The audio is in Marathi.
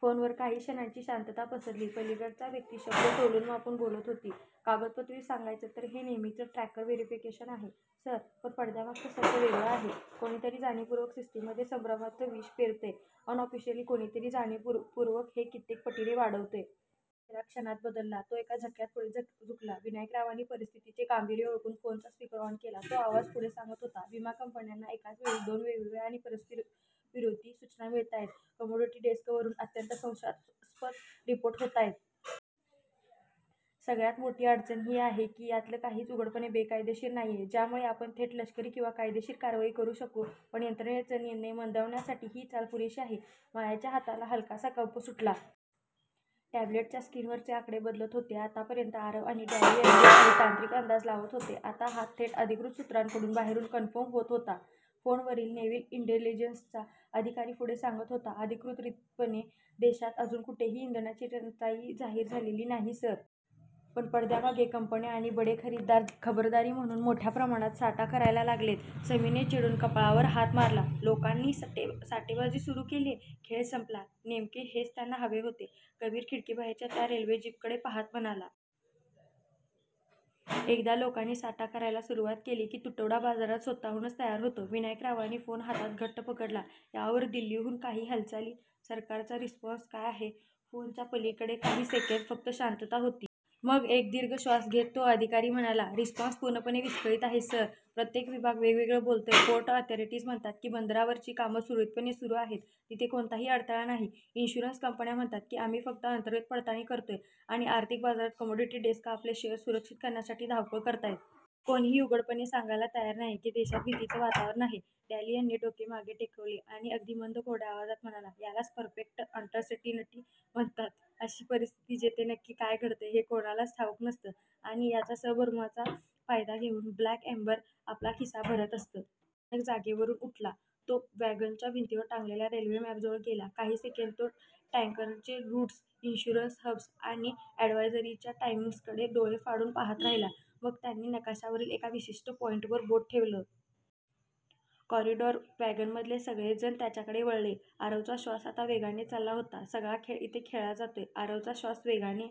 फोनवर काही क्षणांची शांतता पसरली. पलीकडची व्यक्ती शब्द तोलून मापून बोलत होती. कागदोपत्री सांगायचं, तर हे नेहमीचं टँकर व्हेरीफिकेशन आहे, सर. पण पडद्यामागचं सत्य वेगळं आहे. कोणीतरी जाणीवपूर्वक सिस्टीममध्ये संभ्रमाचं विष पेरतंय. अनऑफिशिअली कोणीतरी जाणीवपूर्वक हे कित्येक पटीने वाढवतंय. डॅनियलचा चेहरा क्षणात बदलला. तो एका झटक्यात पुढे झुकला. विनायकरावांनी परिस्थितीचे गांभीर्य ओळखून फोनचा स्पीकर ऑन केला. तो आवाज पुढे सांगत होता, "विमा कंपन्यांना एकाच वेळी दोन वेगवेगळ्या आणि परस्परविरोधी सूचना मिळतायत. कमोडिटी डेस्कवरून अत्यंत संशयास्पद रिपोर्ट होतायत. सगळ्यात मोठी अडचण ही आहे की, यातलं काहीच उघडपणे बेकायदेशीर नाहीये, ज्यामुळे आपण थेट लष्करी किंवा कायदेशीर कारवाई करू शकू. पण यंत्रणेचे निर्णय मंदावण्यासाठी ही चाल पुरेशी आहे." मायाच्या हाताला हलकासा कंप सुटला. टॅबलेटच्या स्क्रीनवरचे आकडे बदलत होते. आतापर्यंत आरव आणि डॅनियल जे काही तांत्रिक अंदाज लावत होते, आता हा थेट अधिकृत सूत्रांकडून बाहेरून कन्फर्म होत होता. फोनवरील नेव्हल इंटेलिजन्सचा अधिकारी पुढे सांगत होता, "अधिकृतपणे देशात अजून कुठेही इंधनाची टंचाई जाहीर झालेली नाही सर. पण पडद्यामागे कंपन्या आणि बडे खरेदीदार खबरदारी म्हणून मोठ्या प्रमाणावर साठा करायला लागलेत." समीरने चिडून कपाळावर हात मारला, "लोकांनी साठेबाजी सुरू केलीये, खेळ संपला." "नेमके हेच त्यांना हवे होते," कबीर खिडकीबाहेरच्या त्या रेल्वे जीपकडे पाहत म्हणाला. "एकदा लोकांनी साठा करायला सुरुवात केली, की तुटवडा बाजारात स्वतःहूनच तयार होतो." विनायकरावांनी फोन हातात घट्ट पकडला, "यावर दिल्लीतून काही हालचाली? सरकारचा रिस्पॉन्स काय आहे? " फोनच्या पलीकडे काही सेकंद फक्त शांतता होती. मग एक दीर्घ श्वास घेत तो अधिकारी म्हणाला, "रिस्पॉन्स पूर्णपणे विस्कळीत आहे, सर. प्रत्येक विभाग वेगवेगळं बोलतोय. पोर्ट अथॉरिटीज म्हणतात की बंदरांवरची कामं सुरळीत सुरू आहेत, तिथे कोणताही अडथळा नाही. इन्शुरन्स कंपन्या म्हणतात की आम्ही फक्त अंतर्गत पडताळणी करतोय आणि आर्थिक बाजारात कमोडिटी डेस्क आपले शेअर्स सुरक्षित करण्यासाठी धावपळ करतायत. कोणीही उघडपणे सांगायला तयार नाहीये की देशात भीतीचं वातावरण आहे." डॅनियलने डोके मागे टेकवले आणि अगदी मंद, कोरड्या आवाजात म्हणाला, "यालाच 'परफेक्ट अनसर्टनटी' म्हणतात. अशी परिस्थिती, जिथे नक्की काय घडतंय हे कोणालाच ठाऊक नसतं आणि याच संभ्रमाचा फायदा घेऊन 'ब्लॅक एम्बर' आपला खिसा भरत असतं." आरव अचानक जागेवरून उठला. तो वॅगनच्या भिंतीवर टांगलेल्या रेल्वे मॅपजवळ गेला. काही सेकंद तो टॅन्करचे रूट्स, इन्शुरन्स हब्स आणि अॅडव्हायझरीच्या टायमिंग्सकडे डोळे फाडून पाहत राहिला. मग त्याने नकाशावरील एका विशिष्ट पॉईंटवर बोट ठेवलं. कॉरिडॉर. वॅगनमधले सगळे जण त्याच्याकडे वळले. आरवचा श्वास आता वेगाने चालला होता. "सगळा खेळ इथे खेळला जातोय," आरवचा श्वास वेगाने